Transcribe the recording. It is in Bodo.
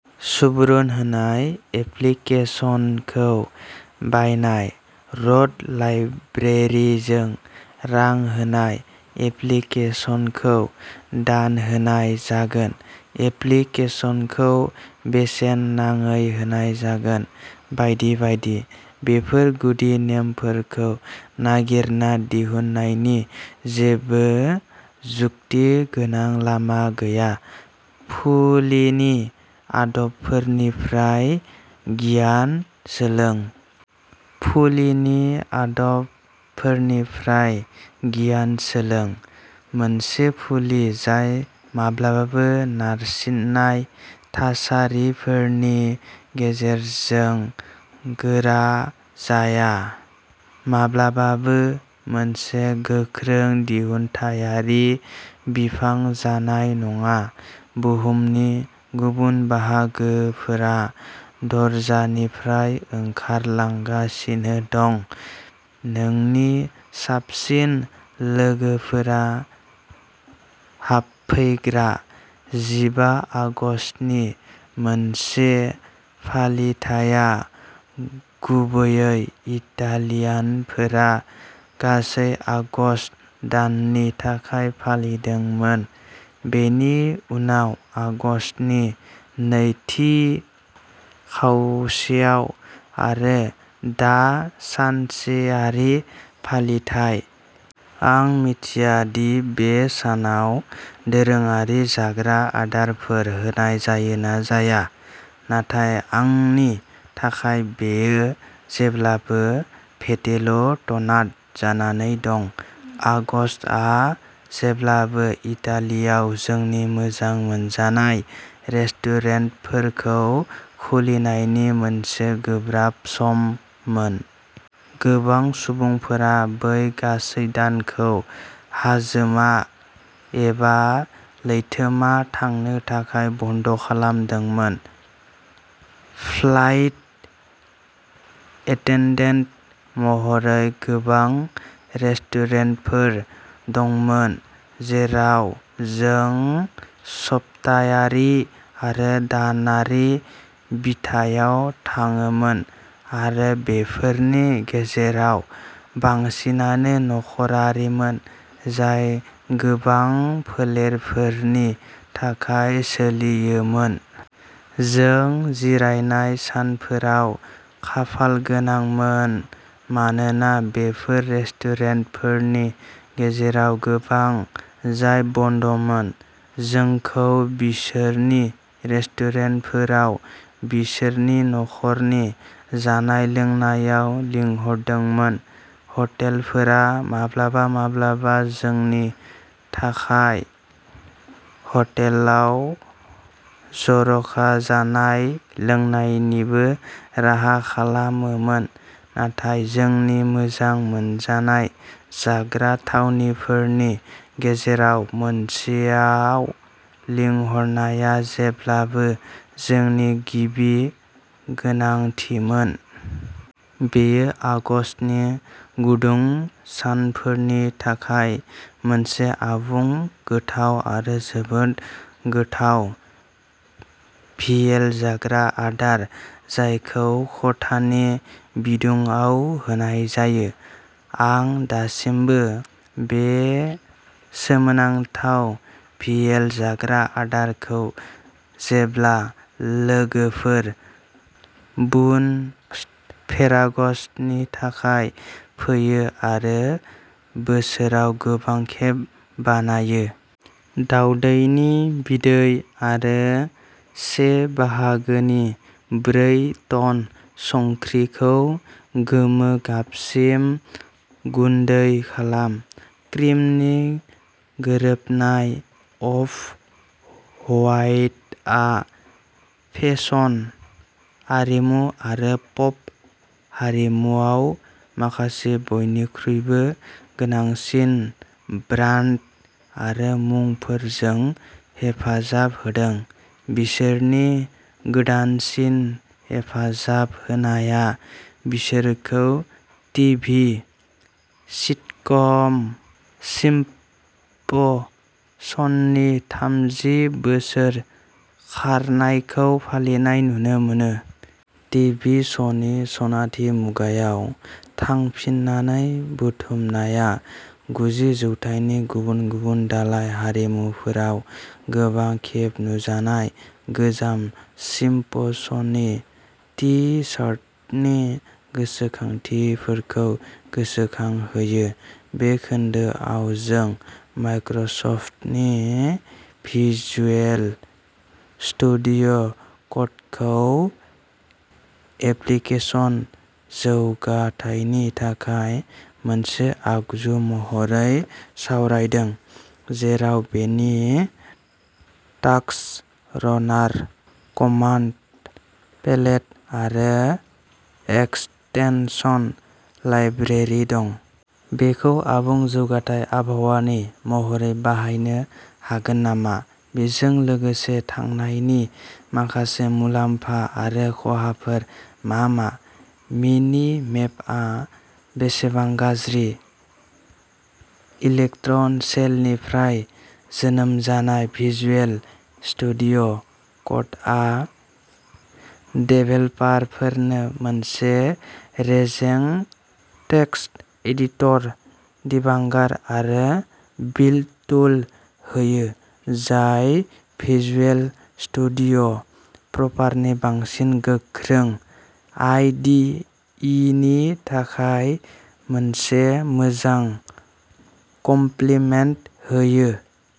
सुबुरुन होनाय एप्लिकेसनखौ बायनाय। र'ड लाइब्रेरिजों रां होनाय एप्लिकेसनखौ दान होनाय जागोन, एप्लिकेसनखौ बेसेन नाङै होनाय जागोन बायदि बायदि। बेफोर गुदि नेमफोरखौ नागिरना दिहुननायनि जेबो जुक्ति गोनां लामा गैया। फुलिनि आदबफोरनिफ्राय गियान सोलों। फुलिनि आदबफोरनिफ्राय गियान सोलों। मोनसे फुलि जाय माब्लाबाबो नारसिननाय थासारिफोरनि गेजेरजों गोरा जाया, माब्लाबाबो मोनसे गोख्रों दिहुनथायारि बिफां जानाय नङा। बुहुमनि गुबुन बाहागोफोरा दरजानिफ्राय ओंखारलांगासिनो दं, नोंनि साबसिन लोगोफोरा हाबफैग्रा। जिबा आगस्तनि मोनसे फालिथाइया गुबैयै इटालियानफोरा गासै आगस्त दाननि थाखाय फालिदोंमोन, बेनि उनाव आगस्तनि नैथि खावसेयाव आरो दा सानसेयारि फालिथाइ। आं मिथिया दि बे सानाव दोरोङारि जाग्रा आदारफोर होनाय जायो ना जाया। नाथाय आंनि थाखाय बेयो जेब्लाबो भिटेल'टनाट जानानै दं। आगस्तआ जेब्लाबो इटालियाव जोंनि मोजां मोनजानाय रेस्टुरेन्टफोरखौ खुलिनायनि मोनसे गोब्राब सममोन। गोबां सुबुंफोरा बै गासै दानखौ हाजोमा एबा लैथोमा थांनो थाखाय बन्द' खालामदोंमोन। फ्लाइट एटेनडेन्ट महरै गोबां रेस्टुरेन्टफोर दंमोन, जेराव जों सप्तायारि आरो दानारि बिथायाव थाङोमोन आरो बेफोरनि गेजेराव बांसिनानो नखरारिमोन। जाय गोबां फोलेरफोरनि थाखाय सोलियोमोन। जों जिरायनाय सानफोराव खाफालगोनांमोन। मानोना बेफोर रेस्टुरेन्टफोरनि गेजेराव गोबां जाय बन्द'मोन। जोंखौ बिसोरनि रेस्टुरेन्टफोराव बिसोरनि नखरनि जानाय लोंनायाव लिंहरदोंमोन। हटेलफोरा माब्लाबा माब्लाबा जोंनि थाखाय हटेलाव जर'खा जानाय लोंनायनिबो राहा खालामोमोन। नाथाय जोंनि मोजां मोनजानाय जाग्रा थावनिफोरनि गेजेराव मोनसेआव लिंहरनाया जेब्लाबो जोंनि गिबि गोनांथिमोन। बेयो आगस्तनि गुदुं सानफोरनि थाखाय मोनसे आबुं, गोथाव आरो जोबोद गोथाव भियेल जाग्रा आदार, जायखौ खथानि बिदुङाव होनाय जायो। आं दासिमबो बे सोमोनांथाव भियेल जाग्रा आदारखौ जेब्ला लोगोफोर बुन फेराग'स्टनि थाखाय फैयो आरो बोसोराव गोबां खेब बानायो। दाउदैनि बिदै आरो से बाहागोनि ब्रै टन संख्रिखौ गोमो गाबसिम गुन्दै खालाम। क्रिमनि गोरोबनाय। अफ हवाइटआ फेसन, आरिमु आरो पप हारिमुआव माखासे बयनिख्रुइबो गोनांसिन ब्रान्ड आरो मुंफोरजों हेफाजाब होदों। बिसोरनि गोदानसिन हेफाजाब होनाया बिसोरखौ टिभि सिटकम सिम्पसननि थामजि बोसोर खारनायखौ फालिनाय नुनो मोनो। टिभि श'नि सनाथि मुगायाव थांफिननानै, बुथुमनाया गुजि जौथाइनि गुबुन गुबुन दालाय हारिमुफोराव गोबां खेब नुजानाय गोजाम सिम्पसननि टि-शार्टनि गोसोखांथिफोरखौ गोसोखांहोयो। बे खोन्दोआव, जों माइक्रसफ्टनि भिजुएल स्टुडिय' क'डखौ एप्लिकेसन जौगाथायनि थाखाय मोनसे आगजु महरै सावरायदों। जेराव बेनि टास्क रानार, कमान्ड पेलेट आरो एक्सटेनसन लाइब्रेरि दं। बेखौ आबुं जौगाथाय आबहावानि महरै बाहायनो हागोन नामा? बेजों लोगोसे थांनायनि माखासे मुलाम्फा आरो खहाफोर मा मा? मिनि-मेपआ बेसेबां गाज्रि? इलेक्ट्रन सेलनिफ्राय जोनोम जानाय, भिजुएल स्टुडिय' क'डआ डेभेलपारफोरनो मोनसे रेजें टेक्सट एडिटर, डिबांगार आरो बिल्ड टुल होयो। जाय भिजुएल स्टुडिय' प्रपारनि बांसिन गोख्रों आइ डि इनि थाखाय मोनसे मोजां कमप्लिमेन्ट होयो।